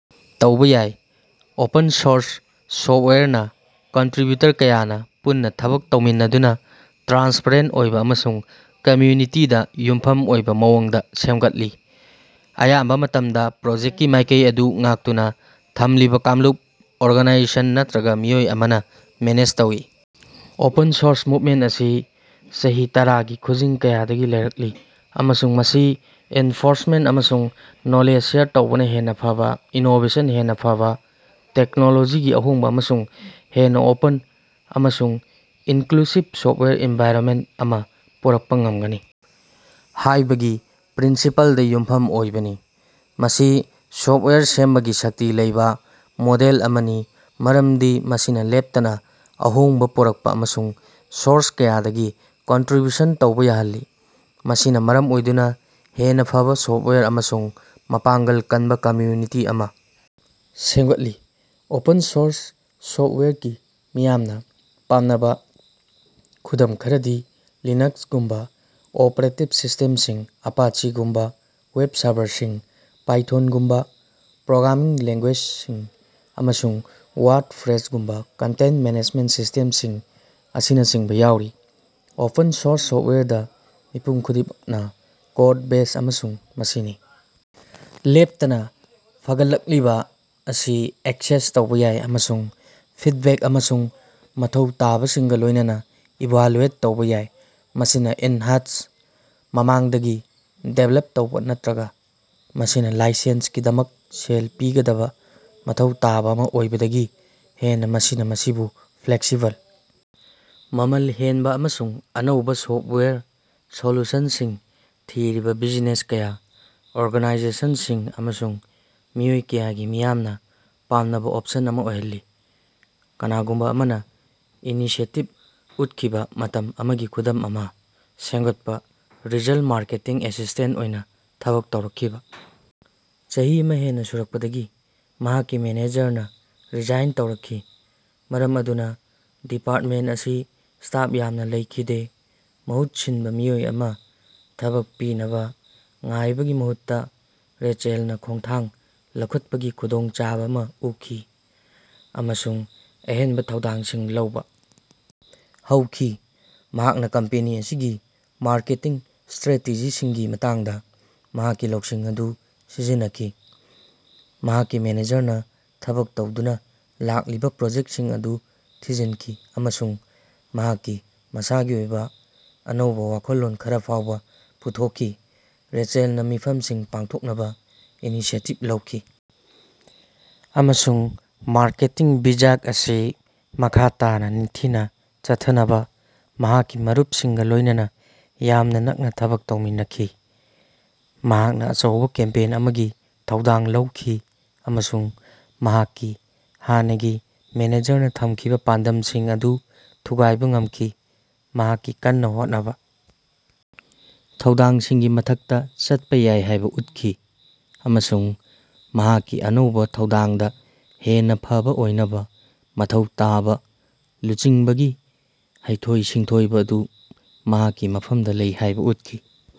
ꯇꯧꯕ ꯌꯥꯏ꯫ Open source software ꯅ ꯀꯟꯇꯔꯤꯕ꯭ꯌꯨꯇꯔ ꯀꯌꯥꯅ ꯄꯨꯟꯅ ꯊꯕꯛ ꯇꯧꯃꯤꯟꯅꯗꯨꯅ, ꯇ꯭ꯔꯥꯟꯁꯄꯥꯔꯦꯟꯇ ꯑꯣꯏꯕ ꯑꯃꯁꯨꯡ ꯀꯝꯃ꯭ꯌꯨꯅꯤꯇꯤꯗ ꯌꯨꯝꯐꯝ ꯑꯣꯏꯕ ꯃꯑꯣꯡꯗ ꯁꯦꯝꯒꯠꯂꯤ, ꯑꯌꯥꯝꯕ‌ ꯃꯇꯝꯗ ꯄ꯭ꯔꯣꯖꯦꯛꯇꯀꯤ ꯃꯥꯏꯀꯩ ꯑꯗꯨ ꯉꯥꯛꯇꯨꯅ ꯊꯝꯂꯤꯕ ꯀꯥꯡꯂꯨꯞ, ꯑꯣꯔꯒꯥꯅꯥꯏꯖꯦꯁꯟ ꯅꯠꯇꯔꯒ ꯃꯤꯑꯣꯏ ꯑꯃꯅ ꯃꯦꯅꯦꯖ ꯇꯧꯏ꯫ ꯑꯣꯄꯟ ꯁꯣꯔꯁ ꯃꯨꯛꯃꯦꯟꯇ ꯑꯁꯤ ꯆꯍꯤ ꯇꯔꯥꯒꯤ ꯈꯨꯖꯤꯡ ꯀꯌꯥꯗꯒꯤ ꯂꯩꯔꯛꯂꯤ ꯑꯃꯁꯨꯡ ꯃꯁꯤ ꯏꯟꯐꯣꯔꯃꯦꯁꯟ ꯑꯃꯁꯨꯡ ꯅꯣꯂꯦꯖ ꯁꯦꯌꯔ ꯇꯧꯕꯅ ꯍꯦꯟꯅ ꯐꯕꯥ ꯏꯅꯣꯕꯦꯁꯟ, ꯍꯦꯟꯅ ꯐꯕꯥ ꯇꯦꯛꯅꯣꯂꯣꯖꯤꯒꯤ ꯑꯍꯣꯡꯕ, ꯑꯃꯁꯨꯡ ꯍꯦꯟꯅ ꯑꯣꯄꯟ ꯑꯃꯁꯨꯡ ꯏꯟꯀ꯭ꯂꯨꯁꯤꯕ ꯁꯣꯐ꯭ꯇꯋꯦꯌꯔ ꯑꯦꯟꯚꯥꯏꯔꯟꯃꯦꯟꯇ ꯑꯃ ꯄꯨꯔꯛꯄ ꯉꯝꯒꯅꯤ ꯍꯥꯏꯕꯒꯤ ꯄ꯭ꯔꯤꯟꯁꯤꯄꯜꯗ ꯌꯨꯝꯐꯝ ꯑꯣꯏꯕꯅꯤ꯫ ꯃꯁꯤ ꯁꯣꯐ꯭ꯇꯋꯥꯌꯔ ꯁꯦꯝꯕꯒꯤ ꯁꯛꯇꯤ ꯂꯩꯕ ꯃꯣꯗꯦꯜ ꯑꯃꯅꯤ ꯃꯔꯝꯗꯤ ꯃꯁꯤꯅ ꯂꯦꯞꯇꯅ ꯑꯍꯣꯡꯕ ꯄꯨꯔꯛꯄ ꯑꯃꯁꯨꯡ ꯁꯣꯔꯁ ꯀꯌꯥꯗꯒꯤ ꯀꯟꯇ꯭ꯔꯤꯕ꯭ꯌꯨꯁꯟ ꯇꯧꯕ ꯌꯥꯍꯜꯂꯤ, ꯃꯁꯤꯅ ꯃꯔꯝ ꯑꯣꯏꯗꯨꯅ ꯍꯦꯟꯅ ꯐꯕꯥ ꯁꯣꯐ꯭ꯇꯋꯥꯌꯔ ꯑꯃꯁꯨꯡ ꯃꯄꯥꯡꯒꯜ ꯀꯟꯕ ꯀꯝꯃ꯭ꯌꯨꯅꯤꯇꯤ ꯑꯃ ꯁꯦꯝꯒꯠꯂꯤ꯫ ꯑꯣꯄꯟ ꯁꯣꯔꯁ ꯁꯣꯐ꯭ꯇꯋꯥꯌꯔ ꯀꯤ ꯃꯤꯌꯥꯝꯅ ꯄꯥꯝꯅꯕ ꯈꯨꯗꯝ ꯈꯔꯗꯤ ꯂꯤꯅꯥꯛꯁꯒꯨꯝꯕ ꯑꯣꯄꯔꯦꯇꯤꯡ ꯁꯤꯁ꯭ꯇꯦꯝꯁꯤꯡ, ꯑꯄꯥꯆꯦꯒꯨꯝꯕ ꯋꯦꯕ ꯁꯔꯚꯔꯁꯤꯡ, ꯄꯥꯏꯊꯣꯟꯒꯨꯝꯕ ꯄ꯭ꯔꯣꯒ꯭ꯔꯥꯃꯤꯡ ꯂꯦꯡꯒꯨ꯭ꯌꯦꯖꯁꯤꯡ, ꯑꯃꯁꯨꯡ ꯋꯥꯔ꯭ꯗꯄꯔꯦꯁꯒꯨꯝꯕ ꯀꯟꯇꯦꯟꯇ ꯃꯦꯅꯦꯖꯃꯦꯟꯇ ꯁꯤꯁ꯭ꯇꯦꯝꯁꯤꯡ ꯑꯁꯤꯅꯆꯤꯡꯕ ꯌꯥꯎꯔꯤ꯫ ꯑꯣꯄꯟ ꯁꯣꯔꯁ ꯁꯣꯐ꯭ꯇꯋꯥꯌꯔꯗ, ꯃꯤꯄꯨꯝ ꯈꯨꯗꯤꯡꯃꯛꯅ ꯀꯣꯗꯕꯦꯖ ꯑꯃꯁꯨꯡ ꯃꯁꯤꯒꯤ ꯂꯦꯞꯇꯅ ꯐꯒꯠꯂꯛꯂꯤꯕ ꯑꯁꯤ ꯑꯦꯛꯁꯦꯁ ꯇꯧꯕ ꯌꯥꯏ ꯑꯃꯁꯨꯡ ꯐꯤꯗꯕꯦꯛ ꯑꯃꯁꯨꯡ ꯃꯊꯧ ꯇꯥꯕꯁꯤꯡꯒ ꯂꯣꯏꯅꯅ ꯏꯚꯥꯂ꯭ꯌꯦꯠ ꯇꯧꯕ ꯌꯥꯏ, ꯃꯁꯤꯅ ꯏꯟ-ꯍꯥꯎꯁꯇ ꯃꯃꯥꯡꯗꯒꯤ ꯗꯤꯕꯦꯂꯞ ꯇꯧꯕ ꯅꯠꯇꯔꯒ ꯃꯁꯤꯒꯤ ꯂꯥꯏꯁꯦꯟꯁꯀꯤꯗꯃꯛꯇ ꯁꯦꯜ ꯄꯤꯒꯗꯕ ꯃꯊꯧ ꯇꯥꯕ ꯑꯃ ꯑꯣꯏꯕꯗꯒꯤ ꯍꯦꯟꯅ꯫ ꯃꯁꯤꯅ ꯃꯁꯤꯕꯨ ꯐ꯭ꯂꯦꯛꯁꯤꯕꯜ, ꯃꯃꯜ ꯍꯦꯟꯕ, ꯑꯃꯁꯨꯡ ꯑꯅꯧꯕ ꯁꯣꯐ꯭ꯇꯋꯥꯌꯔ ꯁꯣꯂ꯭ꯌꯨꯁꯟꯁꯤꯡ ꯊꯤꯔꯤꯕ ꯕꯤꯖꯤꯅꯦꯁ ꯀꯌꯥ, ꯑꯣꯔꯒꯥꯅꯥꯏꯖꯦꯁꯟꯁꯤꯡ, ꯑꯃꯁꯨꯡ ꯃꯤꯑꯣꯏ ꯀꯌꯥꯒꯤ ꯃꯤꯌꯥꯝꯅ ꯄꯥꯝꯅꯕ ꯑꯣꯞꯁꯟ ꯑꯃ ꯑꯣꯏꯍꯜꯂꯤ꯫ ꯀꯅꯥꯒꯨꯝꯕ ꯑꯃꯅ ꯏꯅꯤꯁꯤꯌꯦꯇꯤꯕ ꯎꯠꯈꯤꯕ ꯃꯇꯝ ꯑꯃꯒꯤ ꯈꯨꯗꯝ ꯑꯃ ꯁꯦꯝꯒꯠꯄ꯫ ꯔꯦꯆꯦꯜꯅ ꯃꯥꯔꯀꯦꯇꯤꯡ ꯑꯦꯁꯤꯁ꯭ꯇꯦꯟꯇ ꯑꯣꯏꯅ ꯊꯕꯛ ꯇꯧꯔꯛꯈꯤꯕ ꯆꯍꯤ ꯑꯃ ꯍꯦꯟꯅ ꯁꯨꯔꯛꯄꯗꯒꯤ ꯃꯍꯥꯛꯀꯤ ꯃꯦꯅꯦꯖꯔꯅ ꯔꯤꯖꯥꯏꯟ ꯇꯧꯔꯛꯈꯤ, ꯃꯔꯝ ꯑꯗꯨꯅ ꯗꯤꯄꯥꯔꯇꯃꯦꯟꯇ ꯑꯁꯤ ꯁ꯭ꯇꯥꯐ ꯌꯥꯝꯅ ꯂꯩꯈꯤꯗꯦ꯫ ꯃꯍꯨꯠ ꯁꯤꯟꯕ ꯃꯤꯑꯣꯏ ꯑꯃꯥ ꯊꯕꯛ ꯄꯤꯅꯕ ꯉꯥꯏꯕꯒꯤ ꯃꯍꯨꯠꯇ ꯔꯦꯆꯦꯜꯅ ꯈꯣꯡꯊꯥꯡ ꯂꯧꯈꯠꯄꯒꯤ ꯈꯨꯗꯣꯡꯆꯥꯕ ꯑꯃ ꯎꯈꯤ ꯑꯃꯁꯨꯡ ꯑꯍꯦꯟꯕ ꯊꯧꯗꯥꯡꯁꯤꯡ ꯂꯧꯕ ꯍꯧꯈꯤ꯫ ꯃꯍꯥꯛꯅ ꯀꯝꯄꯦꯅꯤ ꯑꯁꯤꯒꯤ ꯃꯥꯔꯀꯦꯇꯤꯡ ꯁ꯭ꯇꯔꯦꯇꯦꯖꯤꯁꯤꯡꯒꯤ ꯃꯇꯥꯡꯗ ꯃꯍꯥꯛꯀꯤ ꯂꯧꯁꯤꯡ ꯑꯗꯨ ꯁꯤꯖꯤꯟꯅꯈꯤ, ꯃꯍꯥꯛꯀꯤ ꯃꯦꯅꯦꯖꯔꯅ ꯊꯕꯛ ꯇꯧꯗꯨꯅ ꯂꯥꯛꯂꯤꯕ‌ ꯄ꯭ꯔꯣꯖꯦꯛꯇꯁꯤꯡ ꯑꯗꯨ ꯊꯤꯖꯤꯟꯈꯤ ꯑꯃꯁꯨꯡ ꯃꯍꯥꯛꯀꯤ ꯃꯁꯥꯒꯤ ꯑꯣꯏꯕ‌ ꯑꯅꯧꯕ ꯋꯥꯈꯜꯂꯣꯟ ꯈꯔ ꯐꯥꯎꯕ ꯄꯨꯊꯣꯛꯈꯤ꯫ ꯔꯦꯆꯦꯜꯅ ꯃꯤꯐꯝꯁꯤꯡ ꯄꯥꯡꯊꯣꯛꯅꯕ ꯏꯅꯤꯁꯤꯌꯦꯇꯤꯕ ꯂꯧꯈꯤ ꯑꯃꯁꯨꯡ ꯃꯥꯔꯀꯦꯇꯤꯡ ꯕꯤꯚꯥꯒ ꯑꯁꯤ ꯃꯈꯥ ꯇꯥꯅ ꯅꯤꯡꯊꯤꯅ ꯆꯠꯊꯅꯕ ꯃꯍꯥꯛꯀꯤ ꯃꯔꯨꯞꯁꯤꯡꯒ ꯂꯣꯏꯅꯅ ꯌꯥꯝꯅ ꯅꯛꯅ ꯊꯕꯛ ꯇꯧꯃꯤꯟꯅꯈꯤ꯫ ꯃꯍꯥꯛꯅ ꯑꯆꯧꯕ ꯀꯦꯝꯄꯦꯟ ꯑꯃꯒꯤ ꯊꯧꯗꯥꯡ ꯂꯧꯈꯤ ꯑꯃꯁꯨꯡ ꯃꯍꯥꯛꯀꯤ ꯍꯥꯟꯅꯒꯤ ꯃꯦꯅꯦꯖꯔꯅ ꯊꯝꯈꯤꯕ‌ ꯄꯥꯟꯗꯝꯁꯤꯡ ꯑꯗꯨ ꯊꯨꯒꯥꯏꯕ ꯉꯝꯈꯤ꯫ ꯃꯍꯥꯛꯀꯤ ꯀꯟꯅꯥ ꯍꯣꯠꯅꯕꯥ ꯊꯧꯗꯥꯡꯁꯤꯡꯒꯤ ꯃꯊꯛꯇ ꯆꯠꯄ ꯌꯥꯏ ꯍꯥꯏꯕ ꯎꯠꯈꯤ, ꯑꯃꯁꯨꯡ ꯃꯍꯥꯛꯀꯤ ꯑꯅꯧꯕ ꯊꯧꯗꯥꯡꯗ ꯍꯦꯟꯅ ꯐꯕꯥ ꯑꯣꯏꯅꯕ ꯃꯊꯧ ꯇꯥꯕ ꯂꯨꯆꯤꯡꯕꯒꯤ ꯍꯩꯊꯣꯏ-ꯁꯤꯡꯊꯣꯏꯕ ꯑꯗꯨ ꯃꯍꯥꯛꯀꯤ ꯃꯐꯝꯗ ꯂꯩ ꯍꯥꯏꯕ ꯎꯠꯈꯤ꯫